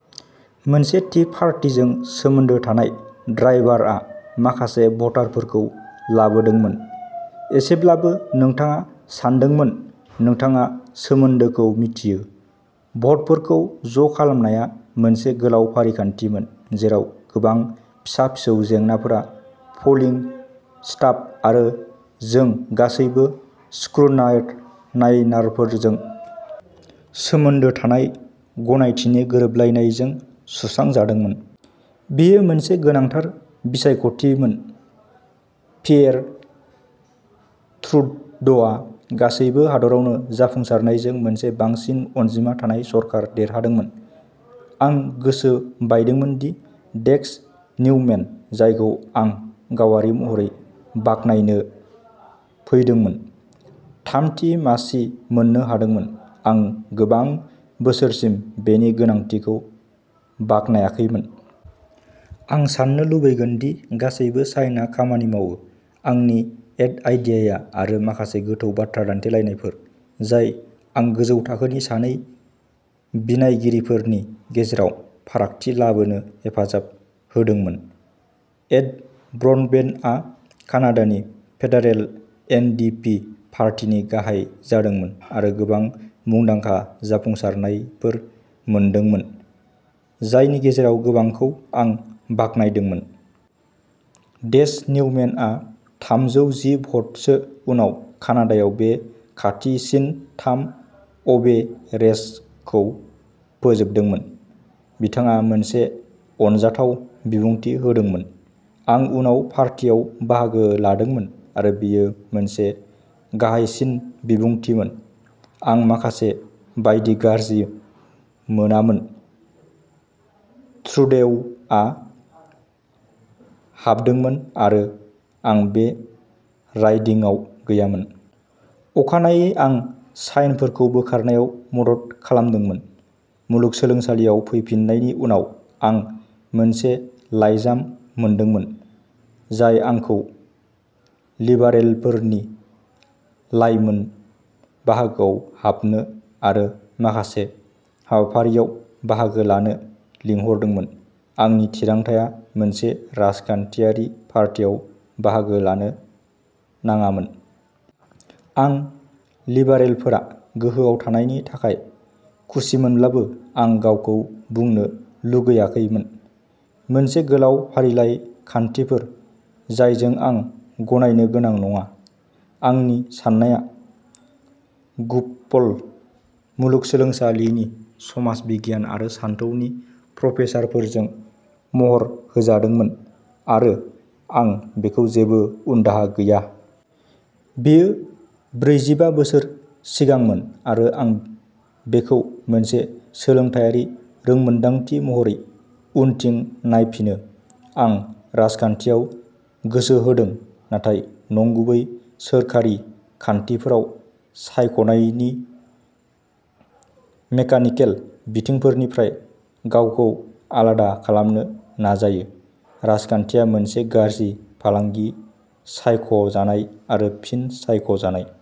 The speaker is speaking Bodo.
मोनसे थि पार्टीजों सोमोन्दो थानाय ड्राइभारआ माखासे भटारफोरखौ लाबोदोंमोन। एसेब्लाबो नोंथाङा सानदोंमोन नोंथाङा सोमोन्दोखौ मिथियो। भटफोरखौ ज' खालामनाया मोनसे गोलाव फारिखान्थिमोन जेराव गोबां फिसा-फिसौ जेंनाफोरा प'लिं स्टाफ आरो जों गासैबो स्क्रुनाइनारफोरजों सोमोन्दो थानाय गनायथिनि गोरोबलायनायजों सुस्रांजादोंमोन। बेयो मोनसे गोनांथार बिसायख'थिमोन। पियेर ट्रुड'आ गासै हादोरावनो जाफुंसारनायजों मोनसे बांसिन अनजिमा थानाय सरखार देरहादोंमोन। आं गोसो बायदोंमोन दि डेस निउमेन, जायखौ आं गावारि महरै बाख्नायनो फैदोंमोन, थामथि मासि मोननो हादोंमोन। आं गोबां बोसोरसिम बेनि गोनांथिखौ बाख्नायाखैमोन। आं साननो लुबैगोन दि गासिबो साइनआ खामानि मावो, आंनि एड आइडियाया आरो माखासे गोथौ बाथ्रा दान्थेलायनायफोर, जाय आं गोजौ थाखोनि सानै बिनायगिरिफोरनि गेजेराव फारागथि लाबोनो हेफाजाब होदोंमोन। एड ब्रडबेन्टआ कानाडानि फेडारेल एन डि पि पार्टीनि गाहाय जादोंमोन आरो गोबां मुंदांखा जाफुंसारनायफोर मोनदोंमोन, जायनि गेजेराव गोबांखौ आं बाख्नायदोंमोन। डेस निउमेनआ थामजौ जि भ'टसो उनाव कानाडायाव बे खाथिसिन थाम अवे रेसखौ फोजोबदोंमोन। बिथाङा मोनसे अनजाथाव बिबुंथि होदोंमोन। आं उनाव पार्टियाव बाहागो लादोंमोन आरो बेयो मोनसे गाहायसिन बिबुंथिमोन। आं माखासे बायदि गाज्रि मोनामोन ट्रुडेउआ हाबदोंमोन आरो आं बे राइडिंआव गैयामोन। अखानायै आं साइनफोरखौ बोखारनायाव मदद खालामदोंमोन। मुलुगसोलोंसालियाव फैफिननायनि उनाव आं मोनसे लाइजाम मोनदोंमोन, जाय आंखौ लिबारेलफोरनि लाइमोन बाहागोआव हाबनो आरो माखासे हाबाफारियाव बाहागो लानो लिंहरदोंमोन। आंनि थिरांथाआ मोनसे राजखान्थियारि पार्टीयाव बाहागो लानो नाङामोन। आं लिबारेलफोरा गोहोआव थानायनि थाखाय खुसिमोनब्लाबो आं गावखौ बुंनो लुगैआखैमोन। मोनसे गोलाव फारिलाइ खान्थिफोर जायजों आं गनायनो गोनां नङा। आंनि साननाया गुएल्फ मुलुगसोलोंसालिनि समाज बिगियान आरो सानथौनि प्रफेसारफोरजों महर होजादोंमोन आरो आं बेखौ जेबो उनदाहा गैया। बेयो ब्रैजिबा बोसोर सिगांमोन आरो आं बेखौ मोनसे सोलोंथायारि रोंमोनदांथि महरै उनथिं नायफिनो। आं राजखान्थियाव गोसो होदों, नाथाय नंगुबै सोरखारि खान्थिफोराव सायख'जानायनि मेकानिकेल बिथिंफोरनिफ्राय गावखौ आलादा खालामनो नाजायो। राजखान्थिया मोनसे गाज्रि फालांगि-सायख'जानाय आरो फिन सायख'जानाय।